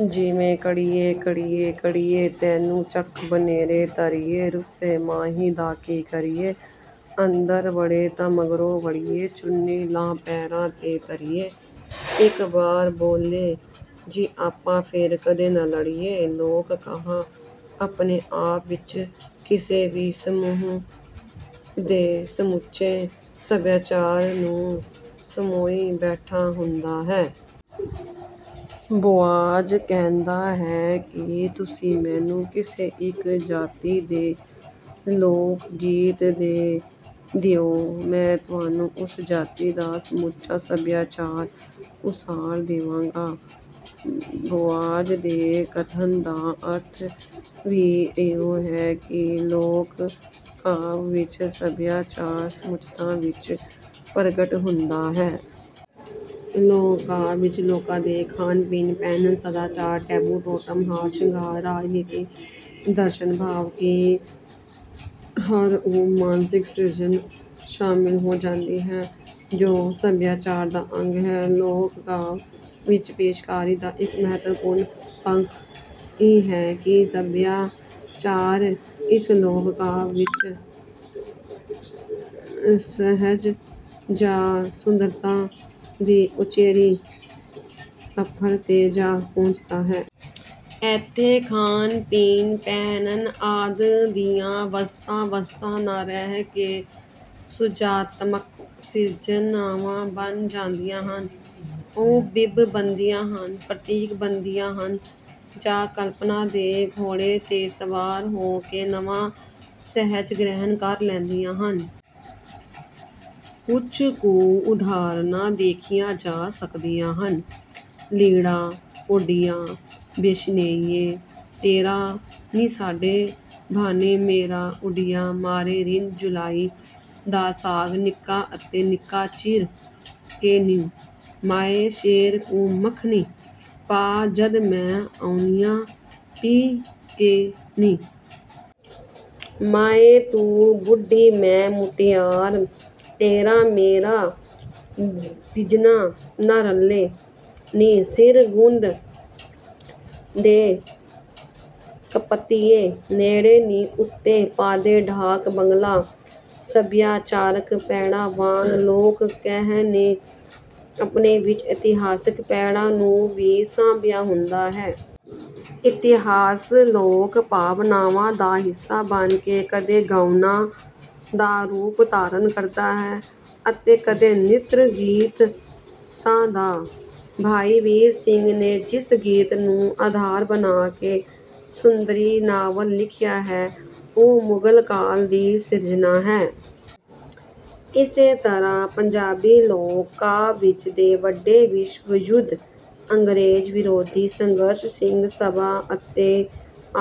ਜਿਵੇਂ ਕੜ੍ਹੀਏ ਕੜ੍ਹੀਏ ਕੜ੍ਹੀਏ ਤੈਨੂੰ ਚੱਕ ਬਨੇਰੇ ਧਰੀਏ ਰੁੱਸੇ ਮਾਹੀ ਦਾ ਕੀ ਕਰੀਏ ਅੰਦਰ ਵੜੇ ਤਾਂ ਮਗਰੇ ਵੜੀਏ ਚੁੰਨੀ ਲਾਹ ਪੈਰਾਂ ਤੇ ਧਰੀਏ ਇੱਕ ਬਾਰ ਬੋਲੋ ਜੀ ਆਪਾਂ ਫੇਰ ਕਦੇ ਨਾ ਲੜੀਏ। ਲੋਕ ਕਾਵਿ ਆਪਣੇ ਆਪ ਵਿੱਚ ਕਿਸੇ ਵੀ ਸਮੂਹ ਦੇ ਸਮੁੱਚੇ ਸਭਿਆਚਾਰ ਨੂੰ ਸਮੋਈ ਬੈਠਾ ਹੁੰਦਾ ਹੈ। ਬੋਆਜ ਕਹਿੰਦਾ ਹੈ ਕਿ ਤੁਸੀਂ ਮੈਨੂੰ ਕਿਸੇ ਇੱਕ ਜਾਤੀ ਦੇ ਲੋਕਗੀਤ ਦੇ ਦਿਉ ਮੈਂ ਤੁਹਾਨੂੰ ਉਸ ਜਾਤੀ ਦਾ ਸਮੁੱਚਾ ਸਭਿਆਚਾਰ ਉਸਾਰ ਦੇਵਾਂਗਾ। ਬੋਆਜ਼ ਦੇ ਕਥਨ ਦਾ ਅਰਥ ਵੀ ਇਹੋ ਹੈ ਕਿ ਲੋਕ ਕਾਵਿ ਵਿੱਚ ਸਭਿਆਚਾਰ ਸਮੁੱਚਤਾ ਵਿੱਚ ਪ੍ਰਗਟ ਹੁੰਦਾ ਹੈ। ਲੋਕ ਕਾਵਿ ਵਿੱਚ ਲੋਕਾਂ ਦੇ ਖਾਣ ਪੀਣ, ਪਹਿਨਣ, ਸਦਾਚਾਰ, ਟੈਬੂ, ਟੋਟਮ, ਹਾਰ ਸ਼ਿੰਗਾਰ, ਰਾਜਨੀਤੀ, ਦਰਸ਼ਨ ਭਾਵ ਕਿ ਹਰ ਉਹ ਮਾਨਸਿਕ ਸਿਰਜਣਾ ਸ਼ਾਮਿਲ ਹੋ ਜਾਂਦੀ ਹੈ ਜੋ ਸਭਿਆਚਾਰ ਦਾ ਅੰਗ ਹੈ। ਲੋਕ ਕਾਵਿ ਵਿੱਚ ਪੇਸ਼ਕਾਰੀ ਦਾ ਇੱਕ ਮਹੱਤਵਪੂਰਣ ਪੱਖ ਇਹ ਹੈ ਕਿ ਸਭਿਆਚਾਰ ਇਸ ਲੋਕ ਕਾਵਿ ਵਿੱਚ ਸੁਹਜ ਜਾਂ ਸੁੰਦਰਤਾ ਦੀ ਉਚੇਰੀ ਪੱਧਰ ਤੇ ਜਾ ਪਹੁੰਚਦਾ ਹੈ। ਇਥੇ ਖਾਣ, ਪੀਣ, ਪਹਿਨਣ ਆਦਿ ਦੀਆਂ ਵਸਤਾਂ, ਵਸਤਾਂ ਨਾ ਰਹਿ ਕੇ ਸੁਹਜਾਤਮਿਕ ਸਿਰਜਣਾਵਾਂ ਬਣ ਜਾਂਦੀਆਂ ਹਨ। ਉਹ ਬਿੰਬ ਬਣਦੀਆਂ ਹਨ, ਪ੍ਰਤੀਕ ਬਣਦੀਆਂ ਹਨ ਜਾਂ ਕਲਪਣਾ ਦੇ ਘੋੜੇ ਤੇ ਸਵਾਰ ਹੋ ਕੇ ਨਵਾਂ ਸੁਹਜ ਗ੍ਰਹਿਣ ਕਰ ਲੈਂਦੀਆਂ ਹਨ। ਕੁਝ ਕੁ ਉਦਾਹਰਣਾਂ ਦੇਖੀਆਂ ਜਾ ਸਕਦੀਆਂ ਹਨ। ਲੀੜਾ ਉੱਡਿਆ ਬਿਸ਼ਨੀਏਂ ਤੇਰਾ ਨੀ ਸਾਡੇ ਭਾਣੇ ਮੋਰ ਉੱਡਿਆ। ਮਾਏ ਰਿੰਨ੍ਹ ਚੁਲ਼ਾਈ ਦਾ ਸਾਗ ਨਿੱਕਾ ਅਤੇ ਨਿੱਕਾ ਚੀਰ ਕੇ ਨੀ। ਮਾਏ ਸੇਰ ਕੁ ਮਖਣੀ ਪਾ ਜਦ ਮੈਂ ਆਉਂਨੀਆ ਪੀਹ ਕੇ ਨੀ। ਮਾਏ ਤੂੰ ਬੁੱਢੀ ਮੈਂ ਮੁਟਿਆਰ ਤੇਰਾ ਮੇਰਾ ਤਿੰਜਣਾਂ ਨਾ ਰਲ਼ੇ ਨੀ। ਸਿਰ ਗੁੰਦ ਦੇ ਕਪੱਤੀਏ ਨੈਣੇ ਨੀ ਉੱਤੇ ਪਾਦੇ ਡਾਕ ਬੰਗਲਾ। ਸਭਿਆਚਾਰਕ ਪੈੜ੍ਹਾਂ ਵਾਂਗ ਲੋਕ ਕਾਵਿ ਨੇ ਆਪਣੇ ਵਿੱਚ ਇਤਿਹਾਸਕ ਪੈੜਾਂ ਨੂੰ ਵੀ ਸਾਂਭਿਆ ਹੁੰਦਾ ਹੈ। ਇਤਿਹਾਸ ਲੋਕ ਭਾਵਨਾਵਾਂ ਦਾ ਹਿੱਸਾ ਬਣ ਕੇ ਕਦੇ ਗਾਉਣਾਂ ਦਾ ਰੂਪ ਧਾਰਣ ਕਰਦਾ ਹੈ ਅਤੇ ਕਦੇ ਨ੍ਰਿਤ ਗੀਤਾਂ ਦਾ। ਭਾਈ ਵੀਰ ਸਿੰਘ ਨੇ ਜਿਸ ਗੀਤ ਨੂੰ ਆਧਾਰ ਬਣਾ ਕੇ ਸੁੰਦਰੀ ਨਾਵਲ ਲਿਖਿਆ ਹੈ ਉਹ ਮੁਗਲ ਕਾਲ ਦੀ ਸਿਰਜਣਾ ਹੈ। ਇਸੇ ਤਰ੍ਹਾਂ ਪੰਜਾਬੀ ਲੋਕ ਕਾਵਿ ਵਿੱਚ ਦੋ ਵੱਡੇ ਵਿਸ਼ਵ ਯੁੱਧ, ਅੰਗਰੇਜ਼ ਵਿਰੋਧੀ ਸੰਘਰਸ਼, ਸਿੰਘ ਸਭਾ ਅਤੇ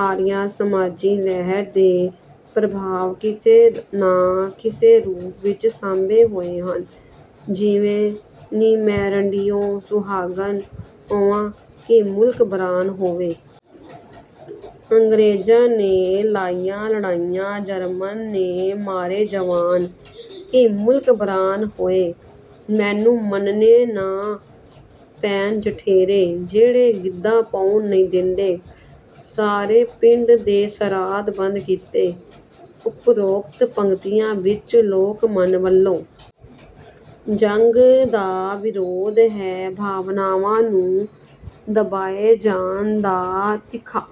ਆਰੀਆ ਸਮਾਜੀ ਲਹਿਰ ਦੇ ਪ੍ਰਭਾਵ ਕਿਸੇ ਨਾ ਕਿਸੇ ਰੂਪ ਵਿੱਚ ਸਾਂਭੇ ਹੋਏ ਹਨ। ਜਿਵੇਂ, ਨੀ ਮੈਂ ਰੰਡੀਉਂ ਸੁਹਾਗਣ ਹੋਵਾਂ ਕਿ ਮੁਲਕ ਬਰਾਨ ਹੋਏ। ਅੰਗ੍ਰੇਜਾਂ ਨੇ ਲਾਈਆਂ ਲੜਾਈਆਂ ਜਰਮਨ ਨੇ ਮਾਰੇ ਜਵਾਨ ਕਿ ਮੁਲਕ ਬਰਾਨ ਹੋਏ। ਮੈਨੂੰ ਮੰਨਣੇ ਨਾ ਪੈਣ ਜਠੇਰੇ। ਜਿਹੜੇ ਗਿੱਧਾ ਪਾਉਣ ਨਹੀਂ ਦਿੰਦੇ। ਸਾਰੇ ਪਿੰਡ ਦੇ ਸ਼ਰਾਧ ਬੰਦ ਕੀਤੇ। ਉਪਰੋਕਤ ਪੰਗਤੀਆਂ ਵਿੱਚ ਲੋਕਮਨ ਵਲੋਂ ਜੰਗ ਦਾ ਵਿਰੋਧ ਹੈ, ਭਾਵਨਾਵਾਂ ਨੂੰ ਦਬਾਏ ਜਾਣ ਦਾ ਤਿੱਖਾ